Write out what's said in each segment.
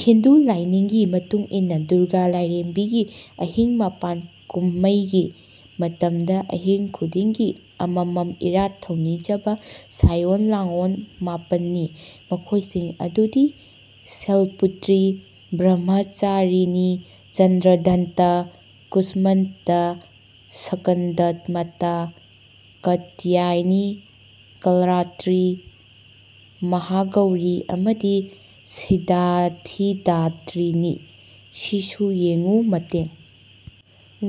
ꯍꯤꯟꯗꯨ ꯂꯥꯢꯅꯤꯡꯒꯤ ꯃꯇꯨꯡꯏꯟꯅ ꯗꯨꯔꯒꯥ ꯂꯥꯢꯔꯦꯝꯕꯤꯒꯤ ꯑꯍꯤꯡ ꯃꯥꯄꯟ ꯀꯨꯝꯃꯩꯒꯤ ꯃꯇꯝꯗ ꯑꯍꯤꯡ ꯈꯨꯗꯤꯡꯒꯤ ꯑꯃꯃꯝ ꯏꯔꯥꯠ ꯊꯧꯅꯤꯖꯕ ꯁꯥꯢꯑꯣꯟ ꯂꯥꯡꯑꯣꯟ ꯃꯥꯄꯟ ꯅꯤ꯫ ꯃꯈꯣꯢꯁꯤꯡ ꯑꯗꯨꯗꯤ ꯁꯩꯜꯄꯨꯇ꯭ꯔꯤ, ꯕ꯭ꯔꯍ꯭ꯃꯥꯆꯥꯔꯤꯅꯤ, ꯆꯟꯗ꯭ꯔꯘꯟꯇꯥ, ꯀꯨꯁꯃꯥꯟꯗꯥ, ꯁ꯭ꯀꯟꯗꯃꯥꯇꯥ, ꯀꯥꯇ꯭ꯌꯥꯏꯅꯤ, ꯀꯥꯜꯔꯥꯇ꯭ꯔꯤ, ꯃꯍꯥꯒꯧꯔꯤ ꯑꯃꯗꯤ ꯁꯤꯗ꯭ꯙꯤꯗꯥꯇ꯭ꯔꯤꯅꯤ꯫ ꯁꯤꯁꯨ ꯌꯦꯡꯉꯨ ꯃꯇꯦꯡ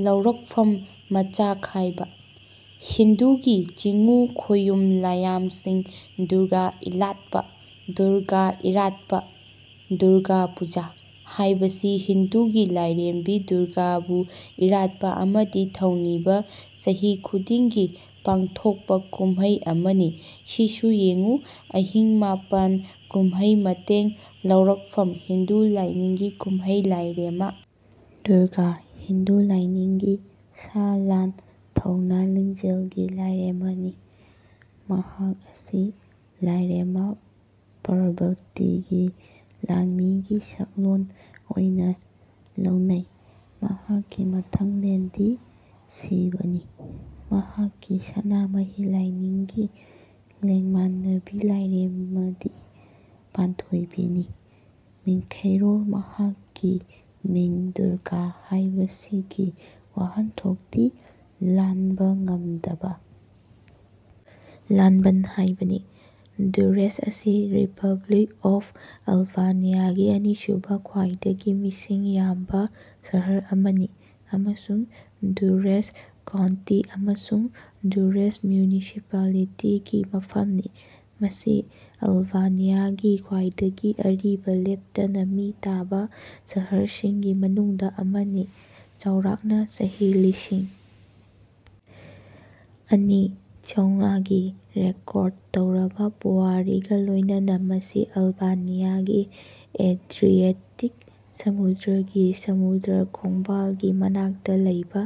ꯂꯧꯔꯛꯐꯝ ꯃꯆꯥꯈꯥꯏꯕ:ꯍꯤꯟꯗꯨꯒꯤ ꯆꯤꯉꯨ ꯈꯣꯌꯨꯝ ꯂꯥꯢꯌꯥꯝꯁꯤꯡ ꯗꯨꯔꯒꯥ ꯏꯂꯥꯠꯄ (ꯗꯨꯔꯒꯥ ꯏꯔꯥꯠꯄ, ꯗꯨꯔꯒꯥ ꯄꯨꯖꯥ)ꯍꯥꯏꯕꯁꯤ ꯍꯤꯟꯗꯨꯒꯤ ꯂꯥꯢꯔꯦꯝꯕꯤ ꯗꯨꯔꯒꯥ ꯕꯨ ꯏꯔꯥꯠꯄ ꯑꯃꯗꯤ ꯊꯧꯅꯤꯕ ꯆꯍꯤ ꯈꯨꯗꯤꯡꯒꯤ ꯄꯥꯡꯊꯣꯛꯄ ꯀꯨꯝꯃꯩ ꯑꯃꯅꯤ꯫ ꯁꯤꯁꯨ ꯌꯦꯡꯉꯨ ꯑꯍꯤꯡ ꯃꯥꯄꯟ ꯀꯨꯝꯍꯩ ꯃꯇꯦꯡ ꯂꯧꯔꯛꯐꯝ:ꯍꯤꯟꯗꯨ ꯂꯥꯏꯅꯤꯡꯒꯤ ꯀꯨꯝꯍꯩ ꯂꯥꯢꯔꯦꯝꯃ ꯗꯨꯔꯒꯥ ꯍꯤꯟꯗꯨ ꯂꯥꯢꯅꯤꯡꯒꯤ ꯁꯥ ꯂꯥꯟ, ꯊꯧꯅꯥ ꯂꯤꯡꯖꯦꯜꯒꯤ ꯂꯥꯢꯔꯦꯝꯃꯥ ꯅꯤ꯫ ꯃꯍꯥꯛ ꯑꯁꯤ ꯂꯥꯢꯔꯦꯝꯃ ꯄꯥꯔꯕꯇꯤꯒꯤ ꯂꯥꯟꯃꯤꯒꯤ ꯁꯛꯂꯣꯟ ꯑꯣꯢꯅ ꯂꯧꯅꯩ꯫ꯃꯍꯥꯛꯀꯤ ꯃꯊꯪꯂꯦꯟꯗꯤ ꯁꯤꯚꯅꯤ꯫ ꯃꯍꯥꯛꯀꯤ ꯁꯅꯥꯃꯍꯤ ꯂꯥꯢꯅꯤꯡꯒꯤ ꯂꯦꯡꯃꯥꯟꯅꯕꯤ ꯂꯥꯢꯔꯦꯝꯃꯗꯤ ꯄꯥꯟꯊꯣꯢꯕꯤꯅꯤ꯫ ꯃꯤꯡꯈꯩꯔꯣꯜ ꯃꯍꯥꯛꯀꯤ ꯃꯤꯡ "ꯗꯨꯔꯒꯥ" ꯍꯥꯢꯕꯁꯤꯒꯤ ꯋꯥꯍꯟꯊꯣꯛꯇꯤ "ꯂꯥꯟꯕ ꯉꯝꯗꯕ ꯂꯥꯟꯕꯟ" ꯍꯥꯢꯕꯅꯤ꯫ ꯗꯨꯔꯔꯦꯁ ꯑꯁꯤ ꯔꯤꯄꯕ꯭ꯂꯤꯛ ꯑꯣꯐ ꯑꯜꯕꯥꯅꯤꯌꯥꯒꯤ ꯑꯅꯤꯁꯨꯕ ꯈ꯭ꯋꯥꯏꯗꯒꯤ ꯃꯤꯁꯤꯡ ꯌꯥꯝꯕ ꯁꯍꯔ ꯑꯃꯅꯤ ꯑꯃꯁꯨꯡ ꯗꯨꯔꯦꯁ ꯀꯥꯎꯟꯇꯤ ꯑꯃꯁꯨꯡ ꯗꯨꯔꯔꯦꯁ ꯃ꯭ꯌꯨꯅꯤꯁꯤꯄꯥꯂꯤꯇꯤꯒꯤ ꯃꯐꯝꯅꯤ꯫ ꯃꯁꯤ ꯑꯜꯕꯥꯅꯤꯌꯥꯒꯤ ꯈ꯭ꯋꯥꯏꯗꯒꯤ ꯑꯔꯤꯕ ꯂꯦꯞꯇꯅ ꯃꯤ ꯇꯥꯕ ꯁꯍꯔꯁꯤꯡꯒꯤ ꯃꯅꯨꯡꯗ ꯑꯃꯅꯤ, ꯆꯥꯎꯔꯥꯛꯅ ꯆꯍꯤ ꯂꯤꯁꯤꯡ ꯑꯅꯤ ꯆꯧꯉꯥꯒꯤ ꯔꯦꯀꯣꯔꯠ ꯇꯧꯔꯕ ꯄꯨꯋꯥꯔꯤꯒ ꯂꯣꯏꯅꯅ꯫ ꯃꯁꯤ ꯑꯜꯕꯥꯅꯤꯌꯥꯒꯤ ꯑꯦꯗ꯭ꯔꯤꯑꯦꯇꯤꯛ ꯁꯃꯨꯗ꯭ꯔꯒꯤ ꯁꯃꯨꯗ꯭ꯔ ꯈꯣꯡꯕꯥꯜꯒꯤ ꯃꯅꯥꯛꯇ ꯂꯩꯕ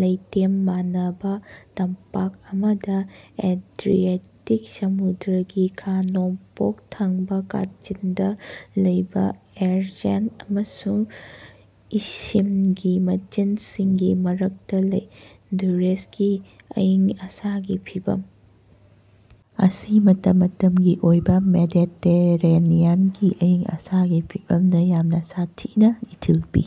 ꯂꯩꯇꯦꯝ ꯃꯥꯟꯅꯕ ꯇꯝꯄꯥꯛ ꯑꯃꯗ ꯑꯦꯗ꯭ꯔꯤꯑꯦꯇꯤꯛ ꯁꯃꯨꯗ꯭ꯔꯒꯤ ꯈꯥ-ꯅꯣꯡꯄꯣꯛ ꯊꯪꯕ ꯀꯥꯆꯤꯟꯗ ꯂꯩꯕ ꯑꯦꯔꯖꯦꯟ ꯑꯃꯁꯨꯡ ꯏꯁꯤꯝꯒꯤ ꯃꯆꯤꯟꯁꯤꯡꯒꯤ ꯃꯔꯛꯇ ꯂꯩ꯫ ꯗꯨꯔꯔꯦꯁꯀꯤ ꯑꯏꯪ-ꯑꯁꯥꯒꯤ ꯐꯤꯚꯝ ꯑꯁꯤ ꯃꯇꯝ ꯃꯇꯝꯒꯤ ꯑꯣꯏꯕ ꯃꯦꯗꯦꯇꯦꯔꯦꯅꯤꯌꯟꯒꯤ ꯑꯏꯪ-ꯑꯁꯥꯒꯤ ꯐꯤꯚꯝꯅ ꯌꯥꯝꯅ ꯁꯥꯊꯤꯅ ꯏꯊꯤꯜ ꯄꯤ꯫